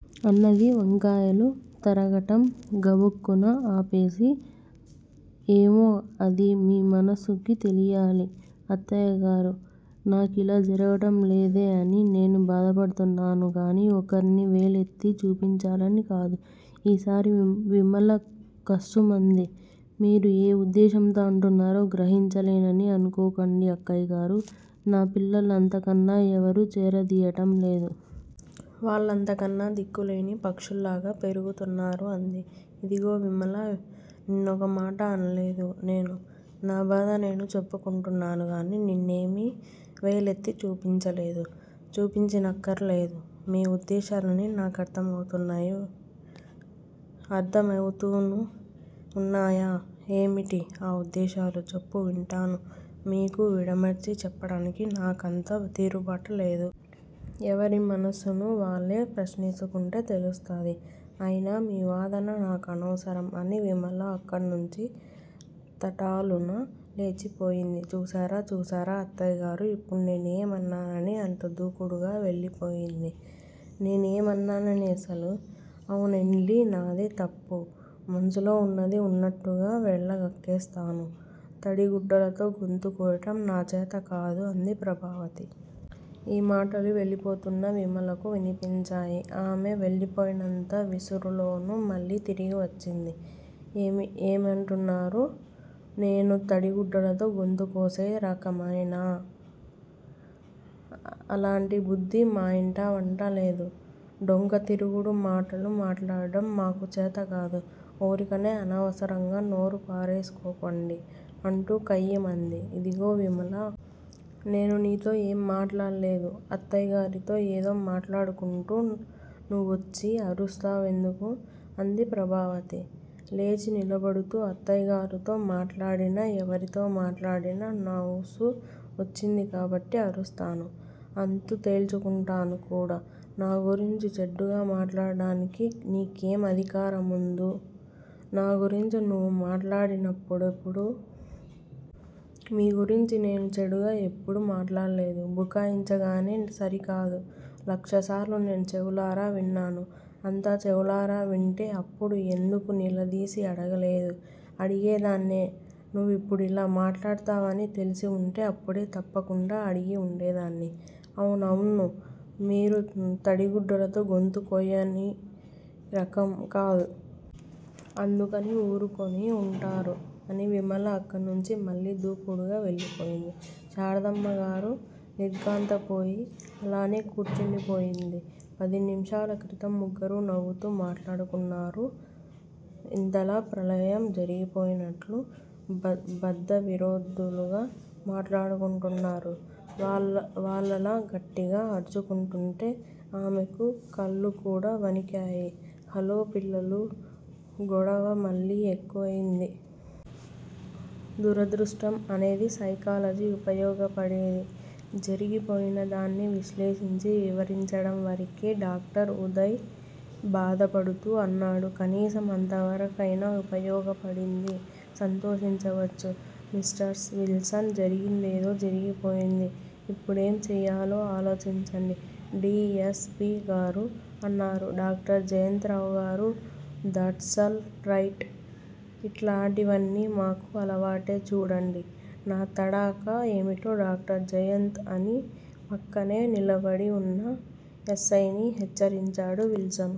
అన్నది వంకాయలు తరగటం గబుక్కున ఆపేసి. ఏమో, అది మీ మనస్సుకి తెలియాలి అత్తయ్యగారూ! నాకిలా జరగటం లేదే అని నేను బాధపడుతున్నాను గానీ ఒకర్ని వేలెత్తి చూపించాలని కాదు. ఈసారి విమల కస్సుమంది. మీరు ఏ ఉద్దేశంతో అంటున్నారో గ్రహించలేనని అనుకోకండి అక్కయ్యగారూ! నా పిల్లల్ని అంతకన్నా ఎవరూ చేరదియ్యటంలేదు. వాళ్ళంతకన్నా దిక్కులేని పక్షుల్లాగా పెరుగుతున్నారు అంది. ఇదిగో విమలా, నిన్నొకమాట అనలేదు నేను. నా బాధ నేను చెప్పుకుంటున్నాను గానీ నిన్నేమీ వేలెత్తి చూపించలేదే? చూపించనక్కరలేదు. మీ ఉద్దేశాలన్నీ నాకర్ధమవుతూనే వున్నాయి. అర్ధమవుతూనే వున్నాయా? ఏమిటి ఆ ఉద్దేశాలు చెప్పు వింటాను? మీకు విడమరిచి చెప్పడానికి నాకంత తీరుబాటు లేదు. ఎవరి మనస్సును వాళ్ళే ప్రశ్నవేసుకుంటే తెలుస్తుంది. అయినా మీ వాదన నాకనవసరం అని విమల అక్కడ్నుంచి తటాలున లేచిపోయింది. చూశారా, చూశారా అత్తయ్యగారూ! ఇప్పుడు నేనేమన్నానని అంత దూకుడుగా వెళ్ళిపోయింది? నేనేమన్నానని అసలు? అవున్లెండి, నాదే తప్పు మనసులో వున్నది వున్నట్లుగా వెళ్ళగ్రక్కేస్తాను. తడి గుడ్డలతో గొంతులు కోయటం నాకు చేతకాదు అంది ప్రభావతి. ఈ మాటలు వెళ్ళిపోతున్న విమలకు వినిపించాయి. ఆమె వెళ్ళిపోయినంత విసురులోనూ మళ్ళీ తిరిగివచ్చింది. ఏమిటంటున్నారు? నేను తడిగుడ్డలతో గొంతులుకోసే రకమనేగా? అలాంటి బుద్ది మా ఇంటా వంటా లేదు. డొంకతిరుగుడు మాటలు మాట్లాడటం మాకు చేతకాదు. ఊరికినే అనవసరంగా నోరు పారేసుకోకండి అంటూ కయ్యిమంది. ఇదిగో విమలా! నేను నీతో ఏమీ మాట్లాడలేదు. అత్తయ్యగారితో ఏదో మాట్లాడుకుంటుంటే నువ్వొచ్చి అరుస్తావెందుకు? అంది ప్రభావతి లేచి నిలబడుతూ. అత్తయ్యగారితో మాట్లాడినా, ఎవరితో మాట్లాడినా నా ఊసు వచ్చింది కాబట్టి అరుస్తాను. అంతు తేల్చుకుంటాను కూడా నా గురించి చెడ్డగా మాట్లాడటానికి మీకేం అధికారముందు? నాగురించి నువ్వు మాట్లాడినప్పుడో. మీ గురించి నేను చెడ్డగా ఎప్పుడూ మాట్లాడలేదు. బుకాయించగానే సరికాదు. లక్షసార్లు నేను చెవులారా విన్నాను. అంత చెవులారా వింటే అప్పుడే ఎందుకు నిలదీసి అడగలేదు? అడిగేదాన్నే నువ్విప్పుడిలా మాట్లాడతావని తెలిసివుంటే అప్పుడు తప్పకుండా అడిగి వుండేదాన్ని. అవునవును మీరు తడిగుడ్డలతో గొంతు కొయ్యనిరకం కదూ? అందుకని ఊరుకుని వుంటారు అని విమల అక్కడ్నుంచి మళ్ళీ దూకుడుగా వెళ్ళిపోయింది. శారదమ్మగారు నిర్ఘాంతపోయి అలానే కూర్చుండిపోయింది. పదినిముషాల క్రితం ముగ్గురూ నవ్వుతూ మాట్లాడుకున్నారు. ఇంతలో ప్రళయం జరిగిపోయినట్లు బద్ధవిరోధుల్లా మాట్లాడుకుంటున్నారు. వాళ్ళలా గట్టిగా అరుచుకుంటుంటే ఆమెకు కాళ్ళుకూడా వణికాయి. హాల్లో పిల్లల గొడవ మళ్ళీ ఎక్కువయింది. దురదృష్టం అదే సైకాలజీ ఉపయోగపడేది జరిగిపోయినదాన్ని విశ్లేషించి వివరించడంవరకే డాక్టర్ ఉదయ్ బాధపడుతూ అన్నాడు. కనీసం అంతవరకయినా ఉపయోగపడింది. సంతోషించవచ్చు. మిష్టర్స్ విల్సన్ జరిగిందేదో జరిగిపోయింది. ఇప్పుడేం చెయ్యాలో ఆలోచించండి డి. యస్. పి. గారూ? అన్నాడు doctor Jayant Rao. That's all right! ఇట్లాటివన్నీ మాకు అలవాటే చూడండి నాతడాఖా ఏమిటో డాక్టర్ జయంత్ అని పక్కనే నిలబడి వున్న యస్సైని హెచ్చరించాడు విల్సన్.